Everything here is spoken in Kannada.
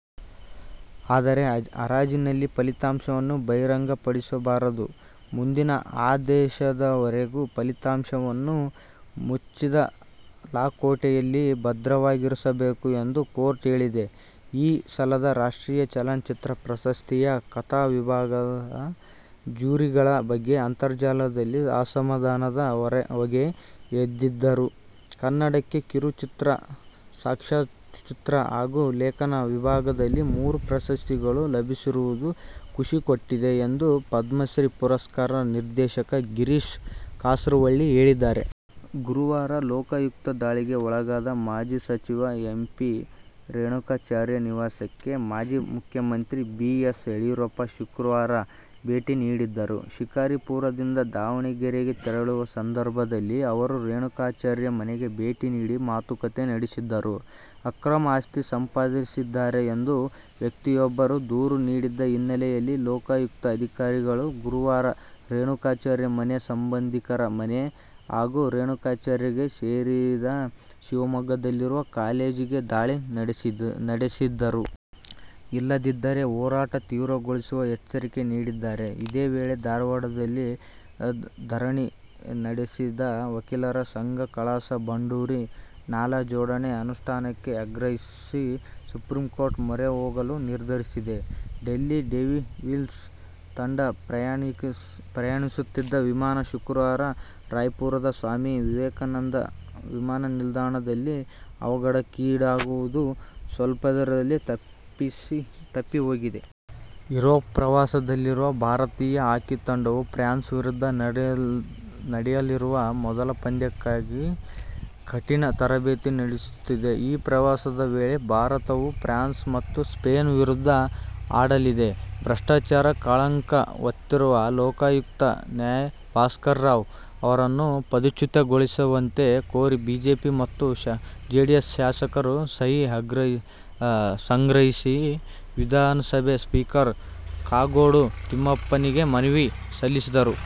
ಆದರೆ ಹರಾಜಿನ ಫಲಿತಾಂಶವನ್ನು ಬಹಿರಂಗಪಡಿಸಬಾರದು. ಮುಂದಿನ ಆದೇಶದವರೆಗೂ ಫಲಿತಾಂಶವನ್ನು ಮುಚ್ಚಿದ ಲಕೋಟೆಯಲ್ಲಿ ಭದ್ರವಾಗಿರಿಸಿರಬೇಕು ಎಂದು ಕೋರ್ಟ್ ಹೇಳಿದೆ. ಈ ಸಲದ ರಾಷ್ಟ್ರೀಯ ಚಲನಚಿತ್ರ ಪ್ರಶಸ್ತಿಯ ಕಥಾ ವಿಭಾಗದ ಜ್ಯೂರಿಗಳ ಬಗ್ಗೆ ಅಂತರ್ಜಾಲದಲ್ಲಿ ಅಸಮಾಧಾನದ ಹೊಗೆ ಎದ್ದಿದ್ದರೂ, ಕನ್ನಡಕ್ಕೆ ಕಿರುಚಿತ್ರ, ಸಾಕ್ಷ್ಯಚಿತ್ರ ಹಾಗೂ ಲೇಖನ ವಿಭಾಗದಲ್ಲಿ ಮೂರು ಪ್ರಶಸ್ತಿಗಳು ಲಭಿಸಿರುವುದು ಖುಷಿ ಕೊಟ್ಟಿದೆ ಎಂದು ಪದ್ಮಶ್ರೀ ಪುರಸ್ಕೃತ ನಿರ್ದೇಶಕ ಗಿರೀಶ್ ಕಾಸರವಳ್ಳಿ ಹೇಳಿದ್ದಾರೆ. ಗುರುವಾರ ಲೋಕಾಯುಕ್ತ ದಾಳಿಗೆ ಒಳಗಾದ ಮಾಜಿ ಸಚಿವ ಎಂ. ಪಿ. ರೇಣುಕಾಚಾರ್ಯ ನಿವಾಸಕ್ಕೆ ಮಾಜಿ ಮುಖ್ಯಮಂತ್ರಿ ಬಿ. ಎಸ್. ಯಡಿಯೂರಪ್ಪ ಶುಕ್ರವಾರ ಭೇಟಿ ನೀಡಿದರು. ಶಿಕಾರಿಪುರದಿಂದ ದಾವಣಗೆರೆಗೆ ತೆರಳುವ ಸಂದರ್ಭದಲ್ಲಿ ಅವರು ರೇಣುಕಾಚಾರ್ಯ ಮನೆಗೆ ಭೇಟಿ ನೀಡಿ ಮಾತುಕತೆ ನಡೆಸಿದರು. ಅಕ್ರಮ ಆಸ್ತಿ ಸಂಪಾದಿಸಿದ್ದಾರೆ ಎಂದು ವ್ಯಕ್ತಿಯೊಬ್ಬರು ದೂರು ನೀಡಿದ್ದ ಹಿನ್ನೆಲೆಯಲ್ಲಿ ಲೋಕಾಯುಕ್ತ ಅಧಿಕಾರಿಗಳು ಗುರುವಾರ ರೇಣುಕಾಚಾರ್ಯ ಮನೆ, ಸಂಬಂಧಿಕರ ಮನೆ ಹಾಗೂ ರೇಣುಕಾಚಾರ್ಯಗೆ ಸೇರಿದ ಶಿವಮೊಗ್ಗದಲ್ಲಿರುವ ಕಾಲೇಜಿಗೆ ದಾಳಿ ನಡೆಸಿದ್ದರು. ಇಲ್ಲದಿದ್ದರೆ ಹೋರಾಟ ತೀವ್ರಗೊಳಿಸುವ ಎಚ್ಚರಿಕೆ ನೀಡಿದ್ದಾರೆ. ಇದೇ ವೇಳೆ, ಧಾರವಾಡದಲ್ಲಿ ಧರಣಿ ನಡೆಸಿದ ವಕೀಲರ ಸಂಘ, ಕಳಸಾ-ಬಂಡೂರಿ ನಾಲಾ ಜೋಡಣೆ ಅನುಷ್ಠಾನಕ್ಕೆ ಆಗ್ರಹಿಸಿ ಸುಪ್ರೀಂಕೋರ್ಟ್ ಮೊರೆ ಹೋಗಲು ನಿರ್ಧರಿಸಿದೆ. ಡೆಲ್ಲಿ ಡೇರ್ಡೆವಿಲ್ಸ್ ತಂಡ ಪ್ರಯಾಣಿಸುತ್ತಿದ್ದ ವಿಮಾನ ಶುಕ್ರವಾರ ರಾಯ್ಪುರದ ಸ್ವಾಮಿ ವಿವೇಕಾನಂದ ವಿಮಾನನಿಲ್ದಾಣದಲ್ಲಿ ಅವಘಡಕ್ಕೀಡಾಗುವುದು ಸ್ವಲ್ಪದರಲ್ಲೇ ತಪ್ಪಿಹೋಗಿದೆ. ಯುರೋಪ್ ಪ್ರವಾಸದಲ್ಲಿರುವ ಭಾರತೀಯ ಹಾಕಿ ತಂಡವು ಫ್ರಾನ್ಸ್ ವಿರುದ್ಧ ನಡೆಯಲಿರುವ ಮೊದಲ ಪಂದ್ಯಕ್ಕಾಗಿ ಕಠಿನ ತರಬೇತಿ ನಡೆಸುತ್ತಿದೆ. ಈ ಪ್ರವಾಸದ ವೇಳೆ ಭಾರತವು ಫ್ರಾನ್ಸ್ ಮತ್ತು ಸ್ಪೇನ್ ವಿರುದ್ಧ ಆಡಲಿದೆ. ಭ್ರಷ್ಟಾಚಾರದ ಕಳಂಕ ಹೊತ್ತಿರುವ ಲೋಕಾಯುಕ್ತ ನ್ಯಾ. ಭಾಸ್ಕರ ರಾವ್ ಅವರನ್ನು ಪದಚ್ಯುತಿಗೊಳಿಸುವಂತೆ ಕೋರಿ ಬಿಜೆಪಿ ಮತ್ತು ಜೆಡಿಎಸ್ ಶಾಸಕರು ಸಹಿ ಸಂಗ್ರಹಿಸಿ ವಿಧಾನಸಭೆ ಸ್ಪೀಕರ್ ಕಾಗೋಡು ತಿಮ್ಮಪ್ಪನವರಿಗೆ ಮನವಿ ಸಲ್ಲಿಸಿದರು.